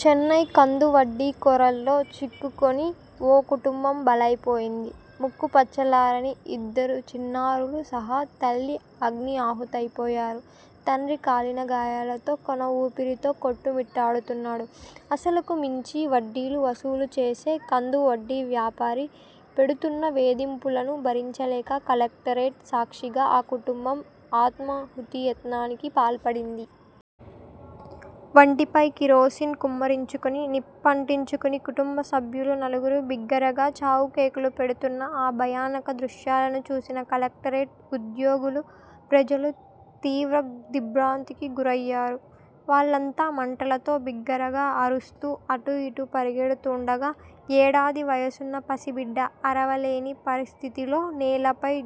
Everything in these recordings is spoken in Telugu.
చెన్నై కందువడ్డీ కోరల్లో చిక్కుకుని ఓ కుటుంబం బలైపోయింది. ముక్కుపచ్చలారని ఇద్దరు చిన్నారులు సహా తల్లి అగ్ని ఆహుతైపోయారు. తండ్రి కాలిన గాయాలతో కొన ఊపిరితో కొట్టు మిట్టాడుతున్నాడు. అసలుకు మించి వడ్డీలు వసూలు చేసే కందువడ్డీ వ్యాపారి పెడుతున్న వేధింపులను భరించలేక కలెక్టరేట్ సాక్షిగా ఆ కుటుంబం ఆత్మాహుతియత్నానికి పాల్పడింది. వంటిపై కిరోసిన్ కుమ్మరించుకుని, నిప్పంటించు కుని కుటుంబ సభ్యులు నలుగురు బిగ్గరగా చావు కేకలు పెడుతున్న ఆ భయానక దృశ్యాలను చూసిన కలెక్టరేట్ ఉద్యోగులు, ప్రజలు తీవ్ర దిగ్ర్భాంతికి గురయ్యారు. వాళ్లంతా మంటలతో బిగ్గరగా అరుస్తూ అటూ ఇటూ పరుగెత్తుతుండగా, యేడాది వయస్సున్న పసిబిడ్డ అరవలేని పరిస్థితిలో నేలపై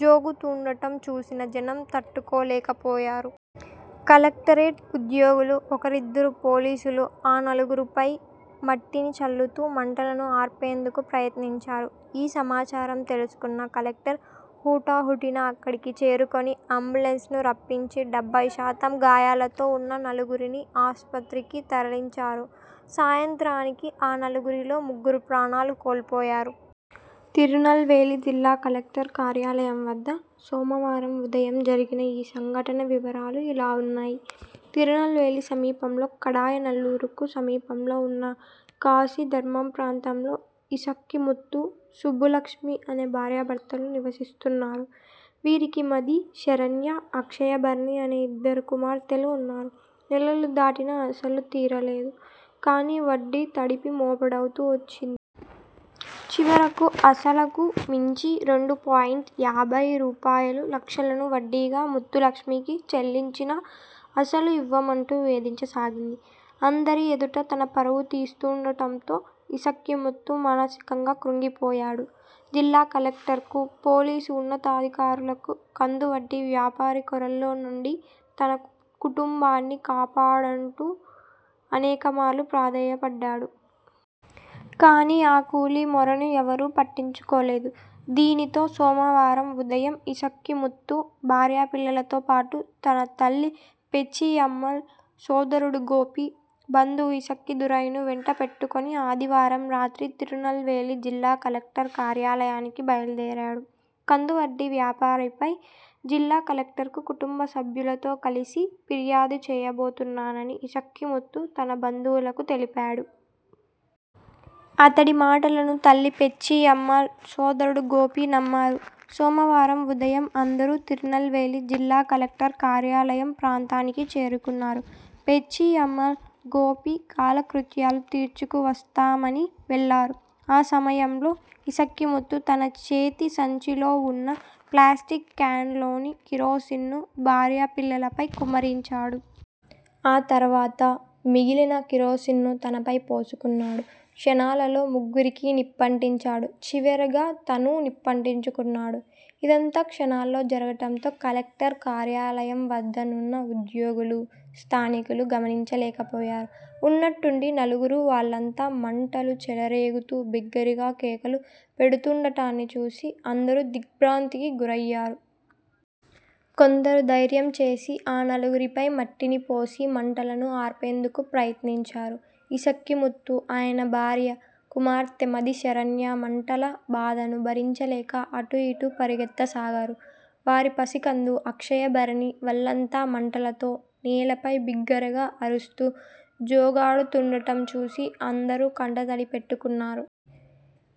జోగుతుండటం చూసిన జనం తట్టుకోలేకపోయారు. కలెక్టరేట్ ఉద్యోగులు, ఒకరిద్దరు పోలీసులు ఆ నలుగురిపై మట్టిని చల్లుతూ మంటలను ఆర్పేందుకు ప్రయత్నించారు. ఈ సమాచారం తెలుసుకున్న కలెక్టర్ హుటాహుటిన అక్కడికి చేరుకొని అంబులెన్స్ను రప్పించి డెబ్బై శాతం గాయాలతో ఉన్న నలుగురిని ఆస్పత్రికి తరలించారు. సాయంత్రానికి ఆ నలుగురిలో ముగ్గురు ప్రాణాలు కోల్పోయారు. తిరునల్వేలి జిల్లా కలెక్టర్ కార్యాలయం వద్ద సోమవారం ఉదయం జరిగిన ఈ సంఘటన వివరాలు ఇలా ఉన్నాయితిరునల్వేలి సమీపంలోని కడయనల్లూరుకు సమీపంలో వున్న కాశిధర్మం ప్రాంతంలో ఇసక్కిముత్తు, సుబ్బులక్ష్మి అనే భార్యాభర్తలు నివసిస్తున్నారు. వీరికి మది శరణ్య, అక్షయభరణి అనే ఇద్దరు కుమార్తెలు ఉన్నారు. నెలలు దాటినా అసలు తీరలేదు కానీ వడ్డీ తడిపి మోపెడవుతూ వచ్చింది. చివరకు అసలుకు మించి రెండు పాయింట్ యాభై రూపాయలులక్షలను వడ్డీగా ముత్తులక్ష్మికి చెల్లించినా, అసలు ఇవ్వమంటూ వేధించసాగింది. అందరి ఎదుట తన పరువు తీస్తుండటంతో ఇసక్కిముత్తు మానసికంగా క్రుంగిపోయాడు. జిల్లా కలెక్టర్కు, పోలీసు ఉన్నతాధికారులకు కందువడ్డీ వ్యాపారి కోరల్లో నుండి తన కుటుంబాన్ని కాపాడంటూ అనేకమార్లు ప్రాధేయపడ్డాడు. కానీ, ఆ కూలీ మొరను ఎవరూ పట్టించుకోలేదు. దీనితో సోమవారం ఉదయం ఇసక్కిముత్తు, భార్యాపిల్లలతోపాటు తన తల్లి పేచ్చియమ్మాళ్, సోదరుడు గోపి, బంధువు ఇసక్కిదురైను వెంటబెట్టుకుని ఆదివారం రాత్రి తిరునల్వేలి జిల్లా కలెక్టర్ కార్యాలయానికి బయలుదేరాడు. కందువడ్డీ వ్యాపారిపై జిల్లా కలెక్టర్కు కుటుంబసభ్యులతో కలిసి ఫిర్యాదు చేయబోతున్నానని ఇసక్కిముత్తు తన బంధువులకు తెలిపాడు. అతడి మాటలను తల్లి పేచ్చియమ్మాళ్, సోదరుడు గోపి నమ్మారు. సోమవారం ఉదయం అందరూ తిరునల్వేలి జిల్లా కలెక్టర్ కార్యాలయం ప్రాంతానికి చేరుకున్నారు. పేచ్చియమ్మాళ్, గోపీ కాలకృత్యాలు తీర్చుకువస్తామని వెళ్లారు. ఆ సమయంలో ఇసక్కిముత్తు తన చేతి సంచిలో ఉన్న ప్లాస్టిక్ క్యాన్లోని కిరోసిన్ను భార్య, పిల్లలపై కుమ్మరించాడు. ఆ తర్వాత మిగిలిన కిరోసిన్ను తనపై పోసుకున్నాడు. క్షణాలలో ముగ్గురికి నిప్పంటించాడు. చివరగా తనూ నిప్పంటించుకున్నాడు. ఇదంతా క్షణాల్లో జరుగటంతో కలెక్టర్ కార్యాలయం వద్దనున్న ఉద్యోగులు, స్థానికులు గమనించలేకపోయారు. ఉన్నట్టుండి నలుగురు వళ్లంతా మంటలు చెలరేగుతూ బిగ్గరగా కేకలు పెడుతుండటాన్ని చూసి అందరూ దిగ్ర్భాంతికి గురయ్యారు. కొందరు ధైర్యం చేసి ఆ నలుగురిపై మట్టిని పోసి మంటలను ఆర్పేందుకు ప్రయత్నించారు. ఇసక్కిముత్తు, ఆయన భార్య, కుమార్తె మది శరణ్య మంటల బాధను భరించలేక అటూ ఇటూ పరుగెత్తసాగారు. వారి పసికందు అక్షయభరణి వళ్లంతా మంటలతో నేలపై బిగ్గరగా అరుస్తూ జోగాడుతుండటం చూసి అందరూ కంటతడి పెట్టుకున్నారు.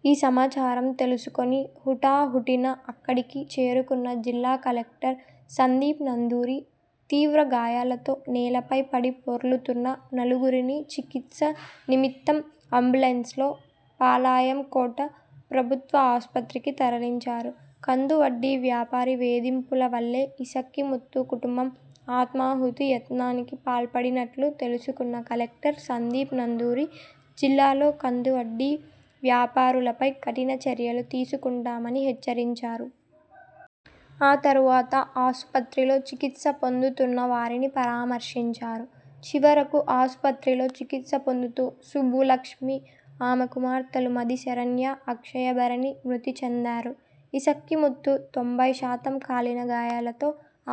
ఈ సమాచారం తెలుసుకొని హుటా హుటిన అక్కడికి చేరుకున్న జిల్లా కలెక్టర్ సందీప్ నందూరీ తీవ్రగాయాలతో నేలపై పడిపొర్లుతున్న నలుగురినీ చికిత్స నిమత్తం అంబులెన్స్లో పాళయం కోట ప్రభుత్వ ఆస్పత్రికి తరలించారు. కందువడ్డీ వ్యాపారి వేధింపుల వల్లే ఇసక్కిముత్తు కుటుంబం ఆత్మాహుతి యత్నానికి పాల్పడినట్లు తెలుసుకున్న కలెక్టర్ సందీప్ నందూరీ జిల్లాలో కందువడ్డీ వ్యాపారులపై కఠిన చర్యలు తీసుకుంటామని హెచ్చరించారు. ఆ తర్వాత ఆస్పత్రిలో చికిత్స పొందుతున్న వారిని పరామర్శించారు. చివరకు ఆస్పత్రిలో చికిత్స పొందుతూ సుబ్బులక్ష్మి, ఆమె కుమార్తెలు మదిశరణ్య, అక్షయభరణి మృతి చెందారు. ఇసక్కి ముత్తు తొంభై శాతం కాలినగాయాలతో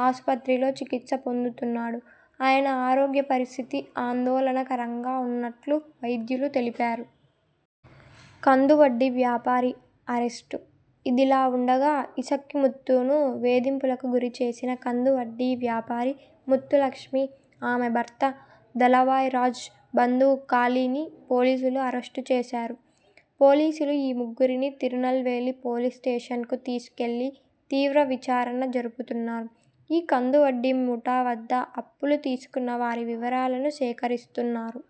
ఆస్పత్రిలో చికిత్స పొందుతున్నాడు. ఆయన ఆరోగ్య పరిస్థితి ఆందోళనకరంగా ఉన్నట్లు వైద్యులు తెలిపారు. కందువడ్డీ వ్యాపారి అరెస్టుఇదిలా ఉండగా, ఇసక్కిముత్తును వేధింపులకు గురిచేసిన కందువడ్డీ వ్యాపారి ముత్తులక్ష్మి, ఆమె భర్త దళవాయ్ రాజ్, బంధువు కాళిని పోలీసులు అరెస్టు చేశారు. పోలీసులు ఈ ముగ్గురిని తిరునల్వేలి పోలీసుస్టేషన్కు తీసుకెళ్లి తీవ్ర విచారణ జరుపుతున్నారు. ఈ కందువడ్డీ ముఠా వద్ద అప్పులు తీసుకున్న వారి వివరాలను సేకరిస్తున్నారు.